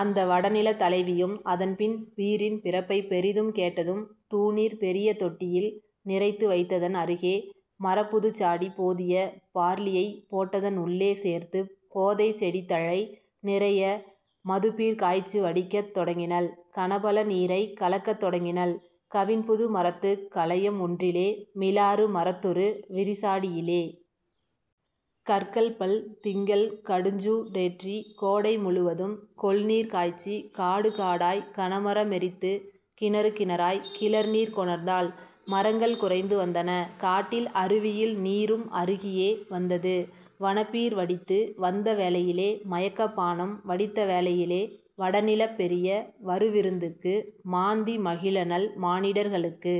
அந்த வடநிலத் தலைவியும் அதன்பின் பீரின் பிறப்பைப் பெரிதும் கேட்டதும் தூநீர் பெரிய தொட்டியில் நிறைத்து வைத்ததன் அருகே மரப்புதுச் சாடி போதிய பார்லியைப் போட்டதன் உள்ளே சேர்த்துப் போதைச் செடித்தழை நிறைய மதுப்பீர் காய்ச்சி வடிக்கத் தொடங்கினள் கனபல நீரைக் கலக்கத் தொடங்கினள் கவின்புது மரத்துக் கலயம் ஒன்றிலே மிலாறு மரத்தொரு விரிசாடியிலே. கற்கள்பல் திங்கள் கடுஞ்சூ டேற்றி கோடை முழுவதும் கொள்நீர் காய்ச்சி காடு காடாய்க் கனமர மெரித்து கிணறு கிணறாய் கிளர்நீர் கொணர்ந்தாள் மரங்கள் குறைந்து வந்தன காட்டில் அருவியில் நீரும் அருகியே வந்தது வனப்பீர் வடித்து வந்தவேளையிலே மயக்கப் பானம் வடித்தவேளையிலே வடநிலப் பெரிய வருவிருந்துக்கு மாந்தி மகிழநல் மானிடர்களுக்கு.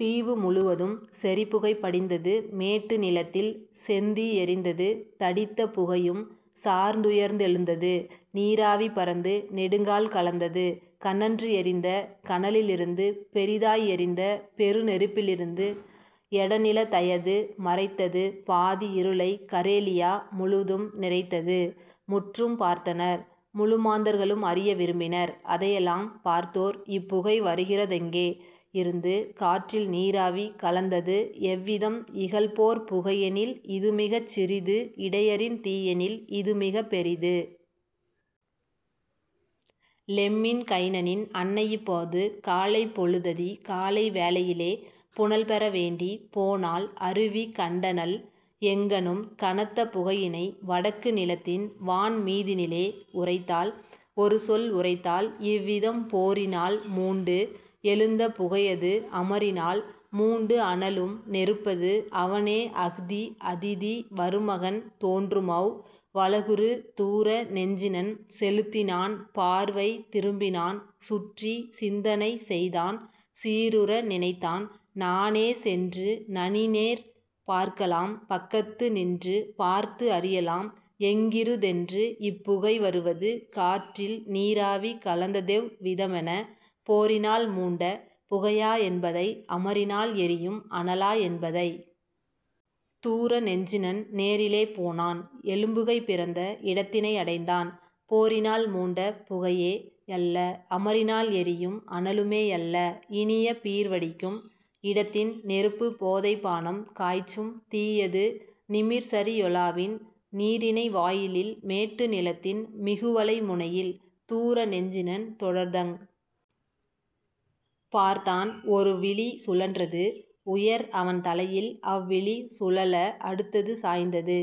தீவு முழுவதும் செறிபுகை படிந்தது மேட்டு நிலத்தில் செந்தீ எரிந்தது தடித்த புகையும் சார்ந்துயர்ந்தெழுந்தது நீராவி பரந்து நெடுங்கால் கலந்தது கனன்று எரிந்த கனலிலிருந்து பெரிதாய் எரிந்த பெருநெருப்பிலிருந்து வடநிலத் தையது மறைத்தது பாதி இருளைக் கரேலியா முழுதும் நிறைத்தது. முற்றும் பார்த்தனர் முழுமாந்தர்களும் அறிய விரும்பினர் அதையெலாம் பார்த்தோர் இப்புகை வருகிறதெங்கே யிருந்து காற்றில்நீராவி கலந்தது எவ்விதம் இகல்போர்ப் புகையெனில் இதுமிகச் சிறிது இடையரின் தீயெனில் இதுமிகப் பெரிது. லெம்மின் கைனனின் அன்னையிப்போது காலைப் பொழுததி காலைவேளையிலே புனல்பெற வேண்டிப் போனாள் அருவி கண்டனள் எங்கணும் கனத்த புகையினை வடக்கு நிலத்தின் வான்மீதினிலே உரைத்தாள் ஒருசொல் உரைத்தாள் இவ்விதம் போரினால் மூண்டு எழுந்த புகைஅது அமரினால் மூண்டு அனலும் நெருப்பது. அவனே அஹ்தி அதிதீ வருமகன் தோன்றுமவ் வழகுறு தூர நெஞ்சினன் செலுத்தினான் பார்வை திரும்பினான் சுற்றி சிந்தனை செய்தான் சீருற நினைத்தான் நானே சென்று நனிநேர் பார்க்கலாம் பக்கத்து நின்று பார்த்து அறியலாம் எங்கிருதென்று இப்புகை வருவது காற்றில்நீராவி கலந்ததெவ் விதமென போரினால் மூண்ட புகையா என்பதை அமரினால் எரியும் அனலா என்பதை. தூர நெஞ்சினன் நேரிலே போனான் எழும்புகை பிறந்த இடத்தினை அடைந்தான் போரினால் மூண்ட புகையே யல்ல அமரினால் எரியும் அனலுமே யல்ல இனியபீர் வடிக்கும் இடத்தின் நெருப்பு போதைப்பானம் காய்ச்சும் தீயது நிமிர்சரியொலாவின் நீரிணை வாயிலில் மேட்டு நிலத்தின் மிகுவளை முனையில். தூர நெஞ்சினன் தொடர்தங் பார்த்தான் ஒருவிழி சுழன்றது உயர்அவன் தலையில் அவ்விழி சுழல அடுத்தது சாய்ந்தது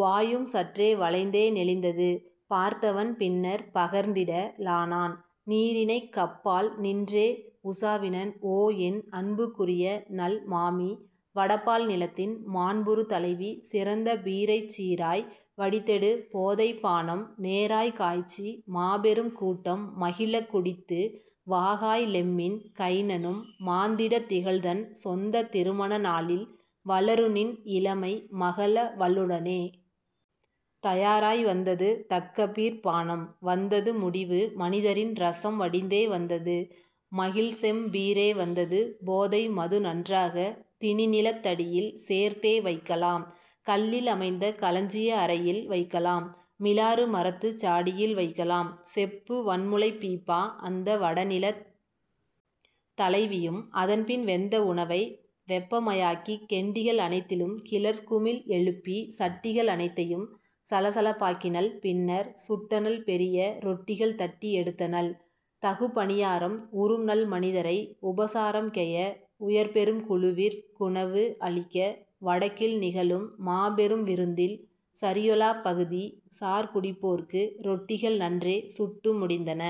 வாயும் சற்றே வளைந்தே நெளிந்தது பார்த்தவன் பின்னர் பகர்ந்திட லானான் நீரிணைக் கப்பால் நின்றே உசாவினன் ஓ என் அன்புக்குரியநல் மாமி வடபால் நிலத்தின் மாண்புறு தலைவி சிறந்த பீரைச் சீராய் வடித்தெடு போதைப்பானம் நேராய்க் காய்ச்சு மாபெரும் கூட்டம் மகிழக் குடித்து வாகாய் லெம்மின் கைனனும் மாந்திட திகழ்தன் சொந்தத் திருமண நாளில் வளருநின் இளமை மகளவளுடனே. தயாராய் வந்தது தக்கபீர்ப் பானம் வந்தது முடிவு மனிதரின் இரசம் வடிந்தே வந்தது மகிழ்செம் பீரே வந்தது போதை மதுநன்றாக திணிநிலத் தடியில் சேர்த்தே வைக்கலாம் கல்லில் அமைந்த களஞ்சிய அறையில் வைக்கலாம் மிலாறு மரத்துச் சாடியில் வைக்கலாம் செப்பு வன்முளைப் பீப்பா. அந்த வடநிலத் தலைவியும் அதன்பின் வெந்த உணவை வெப்பமயாக்கி கெண்டிகள் அனைத்திலும் கிளர் குமிழ் எழுப்பி சட்டிகள் அனைத்தையும் சலசலப்பாக்கினள் பின்னர் சுட்டனள் பெரிய ரொட்டிகள் தட்டி எடுத்தனள் தகுபணியாரம் உறும்நல் மனிதரை உபசாரம்கெய உயர்பெரும் குழுவிற் குணவு அளிக்க வடக்கில் நிகழும் மாபெரும் விருந்தில் சரியொலாப் பகுதி சார்குடிப்போர்க்கு ரொட்டிகள் நன்றே சுட்டு முடிந்தன